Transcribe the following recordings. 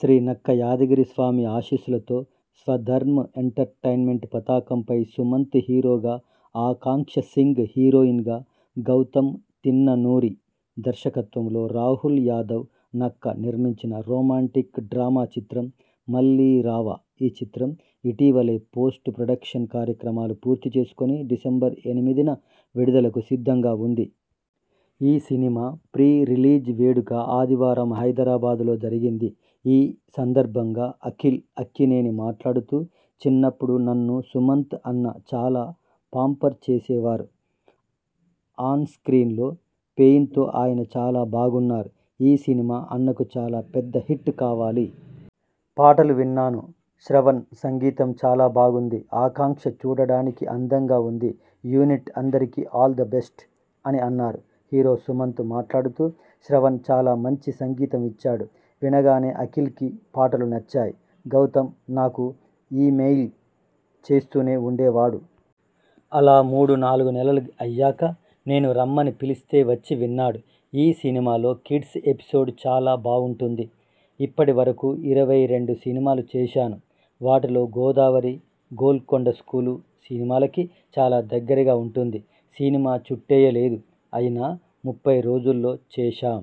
శ్రీ నక్క యాదగిరి స్వామి ఆశీస్సులతో స్వధర్మ్ ఎంటర్టైన్మెంట్ పతాకంపై సుమంత్ హీరోగా, ఆకాంక్ష సింగ్ హీరోయిన్గా, గౌతమ్ తిన్ననూరి దర్శకత్వంలో రాహుల్ యాదవ్ నక్క నిర్మించిన రొమాంటిక్ డ్రామా చిత్రం 'మళ్లీ రావా'. ఈ చిత్రం ఇటీవలే పోస్ట్ ప్రొడక్షన్ కార్యక్రమాలు పూర్తి చేసుకుని డిసెంబర్ ఎనిమిదిన విడుదలకు సిద్ధంగా ఉంది. ఈ సినిమా ప్రీ రిలీజ్ వేడుక ఆదివారం హైదరాబాద్‌లో జరిగింది. ఈ సందర్భంగా అఖిల్ అక్కినేని మాట్లాడుతూ.. ''చిన్నప్పుడు నన్ను సుమంత్ అన్న చాలా పాంపర్ చేసేవారు. ఆన్ స్క్రీన్‌లో పెయిన్తో ఆయన చాలా బాగున్నారు. ఈ సినిమా అన్నకు చాలా పెద్ద హిట్ కావాలి. పాటలు విన్నాను. శ్రవణ్ సంగీతం చాలా బాగుంది. ఆకాంక్ష చూడడానికి అందంగా ఉంది. యూనిట్ అందరికీ ఆల్ ద బెస్ట్.. '' అని అన్నారు. హీరో సుమంత్ మాట్లాడుతూ ''శ్రవణ్ చాలా మంచి సంగీతం ఇచ్చాడు. వినగానే అఖిల్‌కి పాటలు నచ్చాయి. గౌతమ్ నాకు ఈమెయిల్ చేస్తూనే ఉండేవాడు. అలా మూడు నాలుగు నెలలు అయ్యాక నేను రమ్మని పిలిస్తే వచ్చి విన్నాడు. ఈ సినిమాలో కిడ్స్ ఎపిసోడ్ చాలా బావుంటుంది. ఇప్పటి వరకు ఇరవై రెండు సినిమాలు చేశాను. వాటిలో గోదావరి, గోల్కొండ స్కూలు సినిమాలకి చాలా దగ్గరగా ఉంటుంది. సినిమా చుట్టేయలేదు. అయినా ముప్పై రోజుల్లో చేశాం.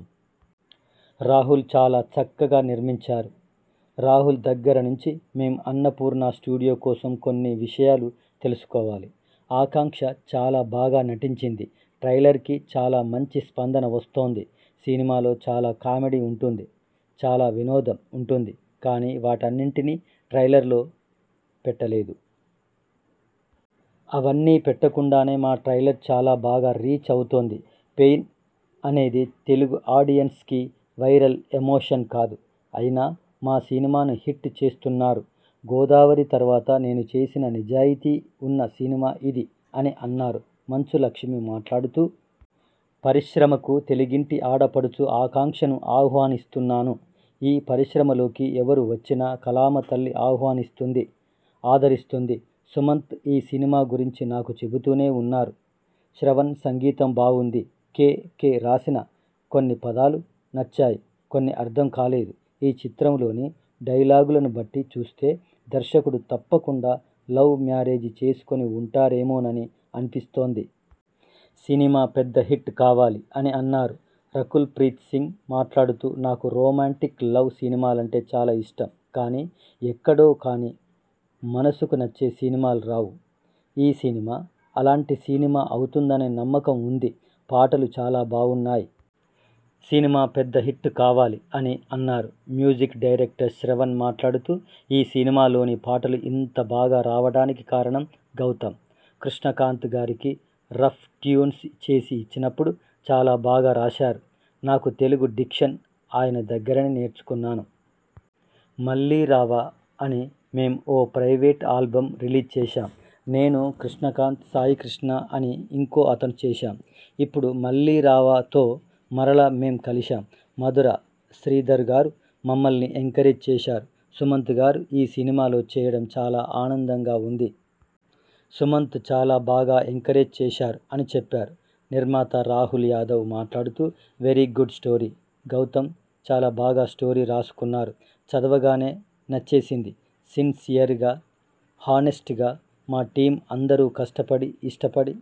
రాహుల్ చాలా చక్కగా నిర్మించారు. రాహుల్ దగ్గర నుంచి మేం అన్నపూర్ణ స్టూడియో కోసం కొన్ని విషయాలు తెలుసుకోవాలి. ఆకాంక్ష చాలా బాగా నటించింది. ట్రైలర్‌కి చాలా మంచి స్పందన వస్తోంది. సినిమాలో చాలా కామెడీ ఉంటుంది, చాలా వినోదం ఉంటుంది. కానీ వాటన్నిటినీ ట్రైలర్‌లో పెట్టలేదు. అవన్నీ పెట్టకుండానే మా ట్రైలర్ చాలా బాగా రీచ్ అవుతోంది. పెయిన్ అనేది తెలుగు ఆడియన్స్‌కి వైరల్ ఎమోషన్ కాదు. అయినా మా సినిమాను హిట్ చేస్తున్నారు. గోదావరి తర్వాత నేను చేసిన నిజాయితీ ఉన్న సినిమా ఇది'' అని అన్నారు. మంచు లక్ష్మి మాట్లాడుతూ.. ''పరిశ్రమకు తెలుగింటి ఆడపడుచు ఆకాంక్షను ఆహ్వానిస్తున్నాను. ఈ పరిశ్రమలోకి ఎవరు వచ్చినా కళామతల్లి ఆహ్వానిస్తుంది. ఆదరిస్తుంది. సుమంత్ ఈ సినిమా గురించి నాకు చెబుతూనే ఉన్నారు. శ్రవణ్ సంగీతం బావుంది. కె. కె. రాసిన కొన్ని పదాలు నచ్చాయి. కొన్ని అర్థం కాలేదు. ఈ చిత్రంలోని డైలాగులను బట్టి చూస్తే దర్శకుడు తప్పకుండా లవ్ మ్యారేజ్ చేసుకుని ఉంటారేమోనని అనిపిస్తోంది. సినిమా పెద్ద హిట్ కావాలి'' అని అన్నారు. రకుల్ ప్రీత్ సింగ్ మాట్లాడుతూ.. ''నాకు రొమాంటిక్, లవ్ సినిమాలంటే చాలా ఇష్టం. కానీ ఎక్కడో కానీ మనసుకు నచ్చే సినిమాలు రావు. ఈ సినిమా అలాంటి సినిమా అవుతుందనే నమ్మకం ఉంది. పాటలు చాలా బావున్నాయి. సినిమా పెద్ద హిట్ కావాలి.. '' అని అన్నారు. మ్యూజిక్ డైరెక్టర్ శ్రవణ్ మాట్లాడుతూ.. ''ఈ సినిమాలోని పాటలు ఇంత బాగా రావడానికి కారణం గౌతమ్. కృష్ణకాంత్ గారికి రఫ్ ట్యూన్స్ చేసి ఇచ్చినప్పుడు చాలా బాగా రాశారు. నాకు తెలుగు డిక్షన్ ఆయన దగ్గరే నేర్చుకున్నాను. 'మళ్లీ రావా' అని మేం ఓ ప్రైవేట్ ఆల్బమ్ రిలీజ్ చేశాం. నేను, కృష్ణకాంత్, సాయికృష్ణ, అని ఇంకో అతను చేశాం. ఇప్పుడు 'మళ్లీ రావా'తో మరలా మేం కలిశాం. మధుర శ్రీధర్ గారు మమ్మల్ని ఎంకరేజ్ చేశారు. సుమంత్ గారు ఈ సినిమాలో చేయడం చాలా ఆనందంగా ఉంది. సుమంత్ చాలా బాగా ఎంకరేజ్ చేశారు'' అని చెప్పారు. నిర్మాత రాహుల్ యాదవ్ మాట్లాడుతూ.. ''వెరీ గుడ్ స్టోరీ. గౌతమ్ చాలా బాగా స్టోరీ రాసుకున్నారు. చదవగానే నచ్చేసింది. సిన్సియర్‌గా, హానెస్ట్‌గా, మా టీమ్ అందరూ కష్టపడి ఇష్టపడి